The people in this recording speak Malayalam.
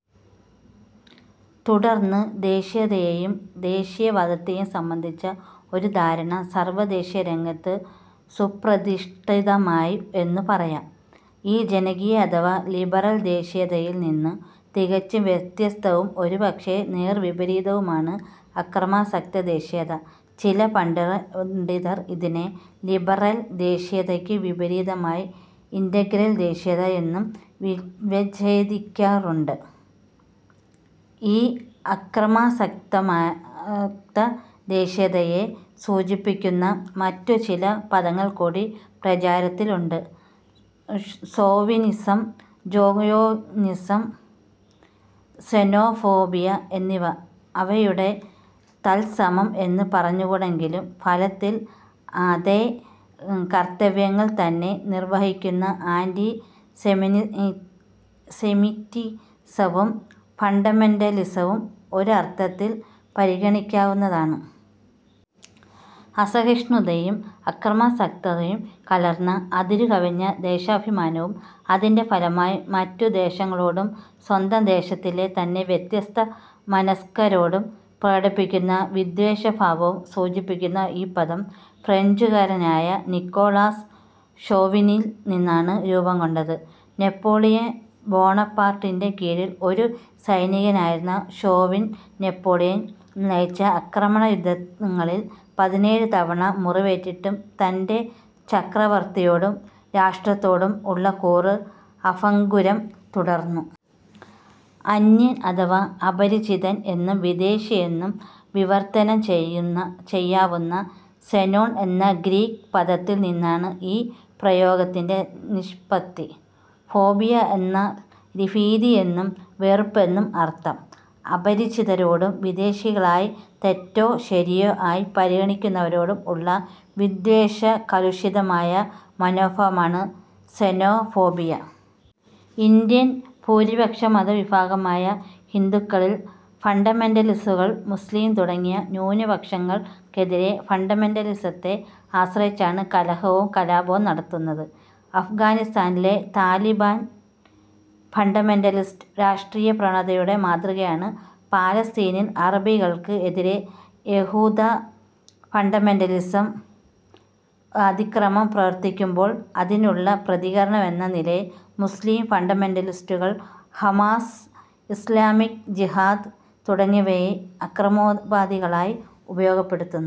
തുടർന്ന് ദേശീയതയേയും ദേശീയവാദത്തെയും സംബന്ധിച്ച ഈ ധാരണ സാർവദേശീയ രംഗത്ത് സുപ്രതിഷ്ഠിതമായി എന്നു പറായാം. ഈ ജനകീയ അഥവാ ലിബറൽ ദേശീയതയിൽ നിന്ന് തികച്ചും വ്യത്യസ്തവും ഒരുപക്ഷേ നേർവിപരീതവുമാണ് അക്രമാസക്തദേശീയത. ചില പണ്ഡിതർ ഇതിനെ ലിബറൽ ദേശീയതയ്ക്ക് വിപരീതമായി ഇന്റഗ്രൽ ദേശീയത എന്നും വ്യവഛേദിക്കാറുണ്ട്. ഈ അക്രമാസക്ത ദേശീയതയെ സൂചിപ്പിക്കുന്ന മറ്റുചില പദങ്ങൾകൂടി പ്രചാരത്തിലുണ്ട്: ഷോവിനിസം, ജിംഗോയിസം, സെനോഫോബിയ എന്നിവ അവയുടെ തൽസമം എന്ന് പറഞ്ഞുകൂടെങ്കിലും ഫലത്തിൽ അതേ കർത്തവ്യങ്ങൾ തന്നെ നിർവഹിക്കുന്ന ആന്റി സെമിറ്റിസവും ഫണ്ടമെന്റലിസവും ഈ അർത്ഥത്തിൽ പരിഗണിക്കാവുന്നതാണ്. അസഹിഷ്ണുതയും അക്രമാസക്തതയും കലർന്ന അതിരു കവിഞ്ഞ ദേശാഭിമാനവും അതിന്റെ ഫലമായി മറ്റു ദേശങ്ങളോടും സ്വന്തം ദേശത്തിലെ തന്നെ വ്യത്യസ്ത മനസ്ക്കരോടും പ്രകടിപ്പിക്കുന്ന വിദ്വേഷ ഭാവവും സൂചിപ്പിക്കുന്ന ഈ പദം ഫ്രഞ്ചുകാരനായ നിക്കോളാസ് ഷോവിനിൽ നിന്നാണ് രൂപംകൊണ്ടത്. നെപ്പോളിയൻ ബോണപ്പാർട്ടിന്റെ കീഴിൽ ഒരു സൈനികൻ ആയിരുന്ന ഷോവിൻ നെപ്പോളിയൻ നയിച്ച ആക്രമണ യുദ്ധങ്ങളിൽ പതിനേഴ് തവണ മുറിവേറ്റിട്ടും തന്റെ ചക്രവർത്തിയോടും രാഷ്ട്രത്തോടും ഉള്ള കൂറ് അഭംഗുരം തുടർന്നു. അന്യൻ അഥവാ അപരിചിതൻ എന്നും വിദേശി എന്നും വിവർത്തനം ചെയ്യാവുന്ന സെനോൻ എന്ന ഗ്രീക് പദത്തിൽ നിന്നാണ് ഈ പ്രയോഗത്തിന്റെ നിഷ്പത്തി. ഫോബിയ എന്നാൽ ഭീതി എന്നും വെറുപ്പ് എന്നും അർത്ഥം. അപരിചിതരോടും വിദേശികളായി തെറ്റോ ശരിയോ ആയി പരിഗണിക്കുന്നവരോടും ഉള്ള വിദ്വേഷകലുഷിതമായ മനോഭാവമാണ് സെനോഫോബിയ. ഇന്ത്യൻ ഭൂരിപക്ഷ മതവിഭാഗമായ ഹിന്ദുക്കളിലെ ഫണ്ടമെന്റലിസ്റ്റുകൾ മുസ്ലീം തുടങ്ങിയ ന്യൂനപക്ഷങ്ങൾക്കെതിരെ ഫണ്ടമെന്റലിസത്തെ ആശ്രയിച്ചാണ് കലഹവും കലാപവും നടത്തുന്നത്. അഫ്ഘാനിസ്താനിലെ താലിബാൻ, ഫണ്ടമെന്റലിസ്റ്റ് രാഷ്ട്രീയ പ്രവണതയുടെ മാതൃകയാണ്. പലസ്തീനിൽ അറബികൾക്ക് എതിരെ യഹൂദ ഫണ്ടമെന്റലിസം അതിക്രമം പ്രവർത്തിക്കുമ്പോൾ അതിനുള്ള പ്രതികരണം എന്ന നിലയിൽ മുസ്ളിം ഫണ്ടമെന്റലിസ്റ്റുകൾ ഹമാസ്, ഇസ്ളാമിക് ജിഹാദ് തുടങ്ങിയവയെ അക്രമോപാധികളായി ഉപയോഗപ്പെടുത്തുന്നു.